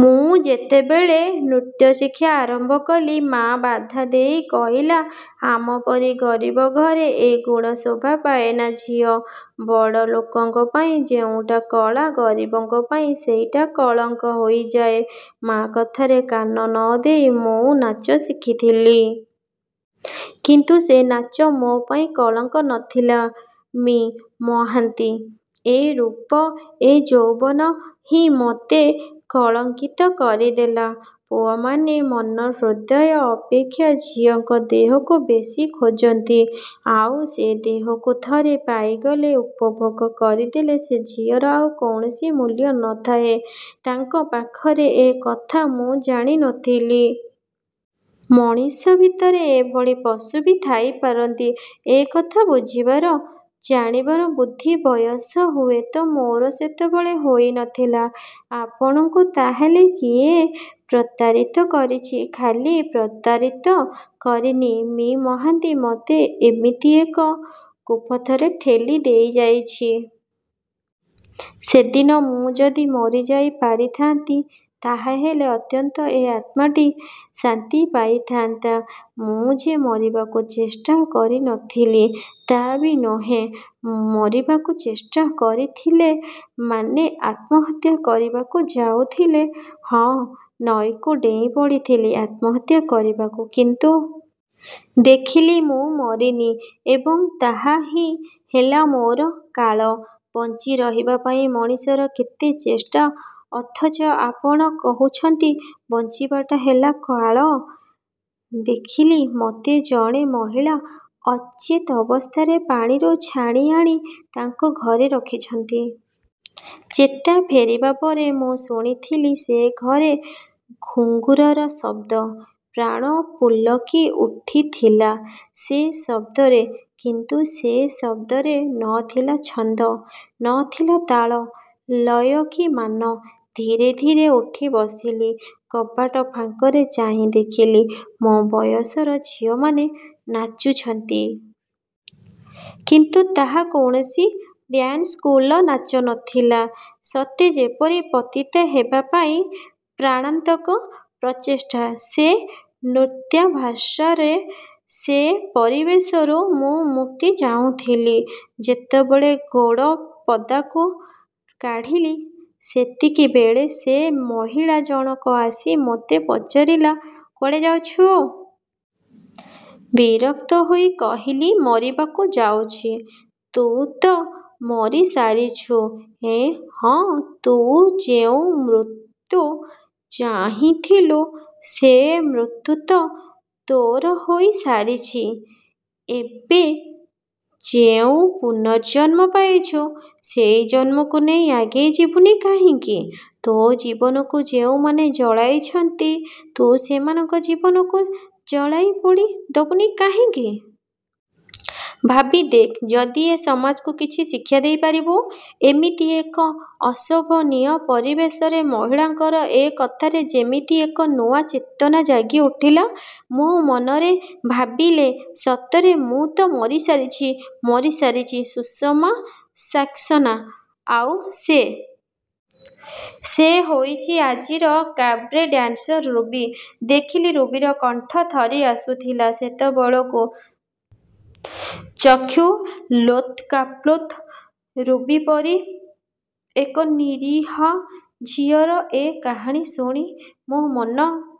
ମୁଁ ଯେତେବେଳେ ନୃତ୍ୟଶିକ୍ଷା ଆରମ୍ଭ କଲି ମାଆ ବାଧା ଦେଇ କହିଲା-ଆମପରି ଗରିବ ଘରେ ଏ ଗୁଣ ଶୋଭା ପାଏନା ଝିଅ, ବଡ଼ ଲୋକଙ୍କ ପାଇଁ ଯେଉଁଟା କଳା ଗରିବଙ୍କ ପାଇଁ ସେଇଟା କଳଙ୍କ ହୋଇଯାଏ। ମାଆ କଥାରେ କାନ ନ ଦେଇ ମୁଁ ନାଚ ଶିଖିଥିଲି। କିନ୍ତୁ ସେ ନାଚ ମୋ' ପାଇଁ କଳଙ୍କ ନ ଥିଲା ମି: ମହାନ୍ତି। ଏ ରୂପ, ଏ ଯୌବନ ହିଁ ମୋତେ କଳଙ୍କିତ କରିଦେଲା। ପୁଅମାନେ ମନ, ହୃଦୟ ଅପେକ୍ଷା ଝିଅଙ୍କ ଦେହକୁ ବେଶୀ ଖୋଜନ୍ତି ଆଉ ସେ ଦେହକୁ ଥରେ ପାଇଗଲେ-ଉପଭୋଗ କରିଦେଲେ ସେ ଝିଅର ଆଉ କୌଣସି ମୂଲ୍ୟ ନଥାଏ ତାଙ୍କ ପାଖରେ-ଏ କଥା ମୁଁ ଜାଣି ନଥିଲି। ମଣିଷ ଭିତରେ ଏଭଳି ପଶୁ ବି ଥାଇ ପାରନ୍ତି ଏ କଥା ବୁଝିବାର, ଜାଣିବାର ବୁଦ୍ଧି ବୟସ ହୁଏତ ମୋର ସେତେବେଳେ ହୋଇନଥିଲା। 'ଆପଣଙ୍କୁ ତା'ହେଲେ କିଏ ପ୍ରତାରିତ କରିଛି ' 'ଖାଲି ପ୍ରତାରିତ କରିନି ମି: ମହାନ୍ତି ମୋତେ ଏମିତି ଏକ କୁପଥରେ ଠେଲି ଦେଇଯାଇଛି। ସେଦିନ ମୁଁ ଯଦି ମାରିଯାଇ ପାରିଥାନ୍ତି ତା'ହେଲେ ଅନ୍ତତଃ ଏ ଆତ୍ମାଟି ଶାନ୍ତି ପାଇଥାନ୍ତା। ମୁଁ ଯେ ମରିବାକୁ ଚେଷ୍ଟା କରିନଥିଲି ତା'ବି ନୁହେଁ। ମରିବାକୁ ଚେଷ୍ଟା କରିଥିଲେ ମାନେ ଆତ୍ମହତ୍ୟା କରିବାକୁ ଯାଉଥିଲେ? " 'ହଁ ନଈକୁ ଡେଇଁ ପଡ଼ିଥିଲି ଆତ୍ମହତ୍ୟା କରିବାକୁ କିନ୍ତୁ ଦେଖିଲି ମୁଁ ମରିନି ଏବଂ ତାହା ହିଁ ହେଲା ମୋର କାଳ। ' 'ବଞ୍ଚି ରହିବା ପାଇଁ ମଣିଷର କେତେ ଚେଷ୍ଟା ଅଥଚ ଆପଣ କହୁଛନ୍ତି ବଞ୍ଚିବାଟା ହେଲା କାଳ। ' ଦେଖିଲି ମୋତେ ଜଣେ ମହିଳା ଅଚେତ୍ ଅବସ୍ଥାରେ ପାଣିରୁ ଛାଣିଆଣି ତାଙ୍କ ଘରେ ରଖିଛନ୍ତି। ଚେତା ଫେରିବା ପରେ ମୁଁ ଶୁଣିଥିଲି ସେ ଘରେ ଘୁଙ୍ଗୁରର ଶବ୍ଦ। ପ୍ରାଣ ପୁଲକି ଉଠିଥିଲା ସେ ଶବ୍ଦରେ। କିନ୍ତୁ ସେ ଶବ୍ଦରେ ନ ଥିଲା ଛନ୍ଦ, ନଥିଲା ତାଳ, ଲୟ କି ମାନ। ଧୀରେ ଧୀରେ ଉଠି ବସିଲି। କବାଟ ଫାଙ୍କରେ ଚାହିଁ ଦେଖିଲି ମୋ' ବୟସର ଝିଅମାନେ ନାଚୁଛନ୍ତି। କିନ୍ତୁ ତାହା କୌଣସି। ଡାନ୍ସ ସ୍କୁଲର ନାଚ ନ ଥିଲା। ସତେ ଯେପରି ପତିତା ହେବାପାଇଁ ପ୍ରାଣାନ୍ତକ ପ୍ରଚେଷ୍ଟା ସେ ନୃତ୍ୟାଭ୍ୟାସରେ। ସେ ପରିବେଶରୁ ମୁଁ ମୁକ୍ତି ଚାହୁଁଥିଲି। ଯେତେବେଳେ ଗୋଡ଼ ପଦାକୁ କାଢ଼ିଲି ସେତିକିବେଳେ ସେ ମହିଳା ଜଣକ ଆସି ମୋତେ ପଚାରିଲା-କୁଆଡ଼େ ଯାଉଛୁ? ବିରକ୍ତ ହୋଇ କହିଲି-ମରିବାକୁ ଯାଉଛି। 'ତୁ ତ ମରି ସାରିଛୁ। " 'ଏଁ ' 'ହ, ତୁ ଯେଉଁ ମୃତ୍ୟୁ ଚାହିଁଥିଲୁ ସେ ମୃତ୍ୟୁ ତ ତୋର ହୋଇ ସାରିଛି ଏବେ ଯେଉଁ ପୂର୍ନଜନ୍ମ ପାଇଛୁ ସେଇ ଜନ୍ମକୁ ନେଇ ଆଗେଇ ଯିବୁନି କାହିଁକି? ତୋ ଜୀବନକୁ ଯେଉଁମାନେ ଜଳାଇଛନ୍ତି ତୁ ସେମାନଙ୍କ ଜୀବନକୁ ଜଳାଇ ପୋଡ଼ି ଦବୁନି କାହିଁକି? ଭାବି ଦେଖ୍-ଯଦି ଏ ସମାଜକୁ କିଛି ଶିକ୍ଷା ଦେଇପାରିବୁ। ' ଏମିତି ଏକ ଅଶୋଭନୀୟ ପରିବେଶରେ ମହିଳାଙ୍କର ଏ କଥାରେ ଯେମିତି ଏକ ନୂଆ ଚେତନା ଜାଗି ଉଠିଲା ମୋ' ମନରେ। ଭାବିଲେ-ସତରେ ମୁଁ ତ ମରି ସାରିଛି। ମରି ସାରିଛି ସୁଷମା ସାକ୍ସେନା। ଆଉ ସେ ସେ ହୋଇଛି ଆଜିର କାବ୍ରେ ଡାନ୍ସର ରୁବି। ଦେଖିଲି ରୁବିର କଣ୍ଠ ଥରି ଆସୁଥିଲା ସେତେବେଳକୁ। ଚକ୍ଷୁ ଲୋତକାପ୍ଲୁତ। ରୁବି ପରି ଏକ ନିରୀହା ଝିଅର ଏ କାହାଣୀ ଶୁଣି ମୋ' ମନ